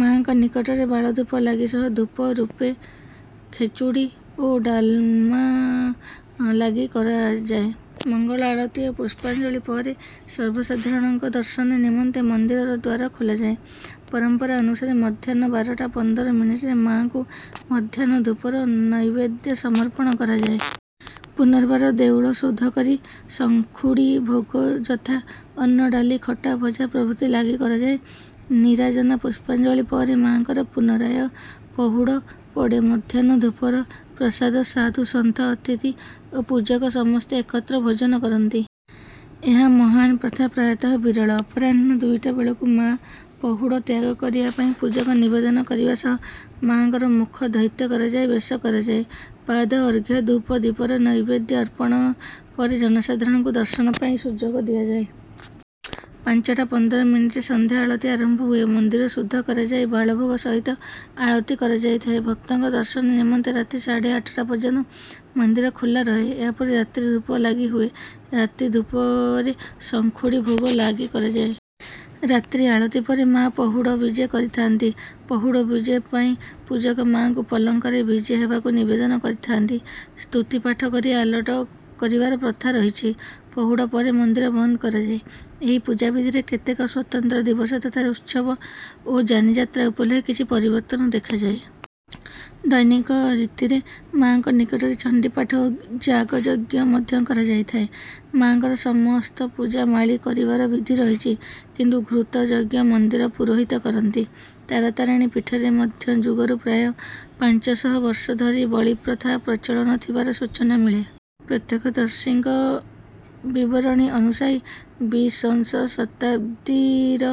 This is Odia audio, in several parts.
ମାଆଙ୍କ ନିକଟରେ ବାଳଧୂପ ଲାଗି ସହ ଧୂପ ରୂପେ ଖେଚୁଡ଼ି ଓ ଡାଲମା ଲାଗି କରାଯାଏ। ମଙ୍ଗଳ ଆଳତି ଓ ପୁଷ୍ପାଞ୍ଜଳି ପରେ ସର୍ବସାଧାରଣଙ୍କ ଦର୍ଶନ ନିମନ୍ତେ ମନ୍ଦିରର ଦ୍ୱାର ଖୋଲାଯାଏ। ପରମ୍ପରା ଅନୁସାରେ ମଧ୍ୟାହ୍ନ ବାରଟା ପନ୍ଦର ମିନିଟ୍ ରେ ମାଆଙ୍କୁ ମଧ୍ୟାହ୍ନ ଧୂପର ନୈବେଦ୍ୟ ସମର୍ପଣ କରାଯାଏ। ପୁନର୍ବାର ଦେଉଳ ଶୋଧ କରି ଶଙ୍ଖୁଡ଼ି ଭୋଗ ଯଥା ଅନ୍ନ ଡାଲି ଖଟା ଭଜା ପ୍ରଭୃତି ଲାଗି କରାଯାଏ। ନୀରାଜନା ପୁଷ୍ପାଞ୍ଜଳି ପରେ ମାଆଙ୍କର ପୁନରାୟ ପହୁଡ଼ ପଡେ। ମଧ୍ୟାହ୍ନ ଧୂପର ପ୍ରସାଦ ସାଧୁ ସନ୍ଥ ଅତିଥି ଓ ପୂଜକ ସମସ୍ତେ ଏକତ୍ର ଭୋଜନ କରନ୍ତି। ଏହା ମହାନ୍ ପ୍ରଥା ପ୍ରାୟତଃ ବିରଳ। ଅପରାହ୍ଣ ଦୁଇଟା ବେଳକୁ ମାଆ ପହୁଡ଼ ତ୍ୟାଗ କରିବା ପାଇଁ ପୂଜକ ନିବେଦନ କରିବା ସହ ମାଆଙ୍କର ମୁଖ ଧୌତ କରାଯାଇ ବେଶ କରାଯାଏ। ପାଦ ଅର୍ଘ୍ୟ ଧୂପ ଦୀପର ନୈବେଦ୍ୟ ଅର୍ପଣ ପରେ ଜନସାଧାରଣଙ୍କୁ ଦର୍ଶନ ପାଇଁ ସୁଯୋଗ ଦିଆଯାଏ। ପାଞ୍ଚଟା ପନ୍ଦର ମିନିଟ୍ ରେ ସନ୍ଧ୍ୟାଆଳତି ଆରମ୍ଭ ହୁଏ। ମନ୍ଦିର ଶୁଦ୍ଧ କରାଯାଇ ବାଳଭୋଗ ସହିତ ଆଳତି କରାଯାଇଥାଏ। ଭକ୍ତଙ୍କ ଦର୍ଶନ ନିମନ୍ତେ ରାତି ସାଢ଼େ ଆଠଟା ପର୍ଯ୍ୟନ୍ତ ମନ୍ଦିର ଖୋଲା ରହେ। ଏହାପରେ ରାତ୍ରିଧୂପ ଲାଗି ହୁଏ। ରାତି ଧୂପରେ ଶଙ୍ଖୁଡ଼ି ଭୋଗ ଲାଗି କରାଯାଏ। ରାତ୍ରି ଆଳତି ପରେ ମାଆ ପହୁଡ଼ ବିଜେ କରିଥାନ୍ତି। ପହୁଡ଼ ବିଜେ ପାଇଁ ପୂଜକ ମାଆଙ୍କୁ ପଲଙ୍କରେ ବିଜେ ହେବାକୁ ନିବେଦନ କରିଥାନ୍ତି। ସ୍ତୁତିପାଠ କରି ଆଲଟ କରିବାର ପ୍ରଥା ରହିଛି। ପହୁଡ଼ ପରେ ମନ୍ଦିର ବନ୍ଦ କରାଯାଏ। ଏହି ପୂଜାବିଧିରେ କେତେକ ସ୍ୱତନ୍ତ୍ର ଦିବସ ତଥା ଉତ୍ସବ ଓ ଯାନିଯାତ୍ରା ଉପଲକ୍ଷେ କିଛି ପରିବର୍ତ୍ତନ ଦେଖାଯାଏ। ଦୈନିକ ରୀତିରେ ମାଆଙ୍କ ନିକଟରେ ଚଣ୍ଡୀପାଠ ଓ ଯାଗଯଜ୍ଞ ମଧ୍ୟ କରାଯାଇଥାଏ। ମାଆଙ୍କର ସମସ୍ତ ପୂଜା ମାଳି କରିବାର ବିଧି ରହିଛି। କିନ୍ତୁ ଘୃତ ଯଜ୍ଞ ମନ୍ଦିର ପୁରୋହିତ କରନ୍ତି। ତାରାତାରିଣୀ ପୀଠରେ ମଧ୍ୟଯୁଗରୁ ପ୍ରାୟ ପାଞ୍ଚଶହ ବର୍ଷ ଧରି ବଳିପ୍ରଥା ପ୍ରଚଳନ ଥିବାର ସୂଚନା ମିଳେ। ପ୍ରତ୍ୟକ୍ଷଦର୍ଶୀଙ୍କ ବିବରଣୀ ଅନୁସାୟୀ ବିଂଶଶତାବ୍ଦୀର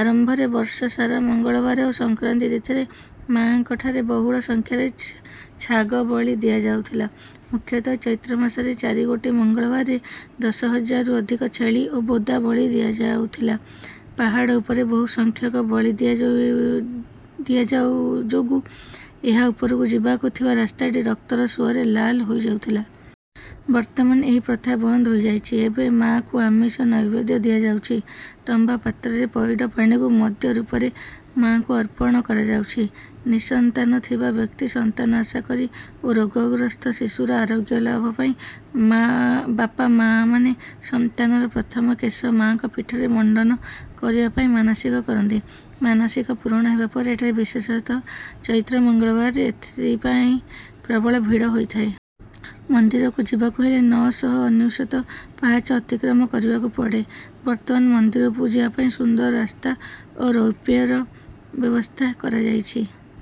ଆରମ୍ଭରେ ବର୍ଷସାରା ମଙ୍ଗଳବାର ଓ ସଂକ୍ରାନ୍ତି ତିଥିରେ ମାଙ୍କଠାରେ ବହୁଳ ସଂଖ୍ୟାରେ ଛାଗ ବଳି ଦିଆଯାଉଥିଲା। ମୁଖ୍ୟତଃ ଚୈତ୍ରମାସର ଚାରିଗୋଟି ମଙ୍ଗଳବାରରେ ଦଶହଜାରରୁ ଅଧିକ ଛେଳି ଓ ବୋଦା ବଳି ଦିଆଯାଉଥିଲା। ପାହାଡ ଉପରେ ବହୁ ସଂଖ୍ୟକ ବଳି ଦିଆଯାଉ ଯୋଗୁଁ ଏହା ଉପରକୁ ଯିବାକୁ ଥିବା ରାସ୍ତାଟି ରକ୍ତର ସୁଅରେ ଲାଲ ହୋଇଯାଉଥିଲା। ବର୍ତ୍ତମାନ ଏହି ପ୍ରଥା ବନ୍ଦ ହୋଇଯାଇଛି। ଏବେ ମାଆଙ୍କୁ ଆମିଷ ନୈବେଦ୍ୟ ଦିଆଯାଉଛି। ତମ୍ବାପାତ୍ରରେ ପଇଡ଼ ପାଣିକୁ ମଦ୍ୟ ରୂପରେ ମାଆଙ୍କୁ ଅର୍ପଣ କରାଯାଉଛି। ନିଃସନ୍ତାନ ଥିବା ବ୍ୟକ୍ତି ସନ୍ତାନ ଆଶା କରି ଓ ରୋଗଗ୍ରସ୍ତ ଶିଶୁର ଆରୋଗ୍ୟ ଲାଭ ପାଇଁ ମା ବାପାମାଆମାନେ ସନ୍ତାନର ପ୍ରଥମ କେଶ ମାଙ୍କ ପୀଠରେ ମଣ୍ଡନ କରିବା ପାଇଁ ମାନସିକ କରନ୍ତି ମାନସିକ ପୂରଣ ହେବାପରେ ଏଠାରେ ବିଶେଷତଃ ଚୈତ୍ର ମଙ୍ଗଳବାରରେ ଏଥିପାଇଁ ପ୍ରବଳ ଭିଡ଼ ହୋଇଥାଏ। ମନ୍ଦିରକୁ ଯିବାକୁ ହେଲେ ନଅ ଶହ ଅନେଶ୍ୱତ ପାହାଚ ଅତିକ୍ରମ କରିବାକୁ ପଡେ। ବର୍ତ୍ତମାନ ମନ୍ଦିର ଉପରକୁ ଯିବାପାଇଁ ସୁନ୍ଦର ରାସ୍ତା ଓ ରୋପ୍ୱେର ବ୍ୟବସ୍ଥା କରାଯାଇଛି।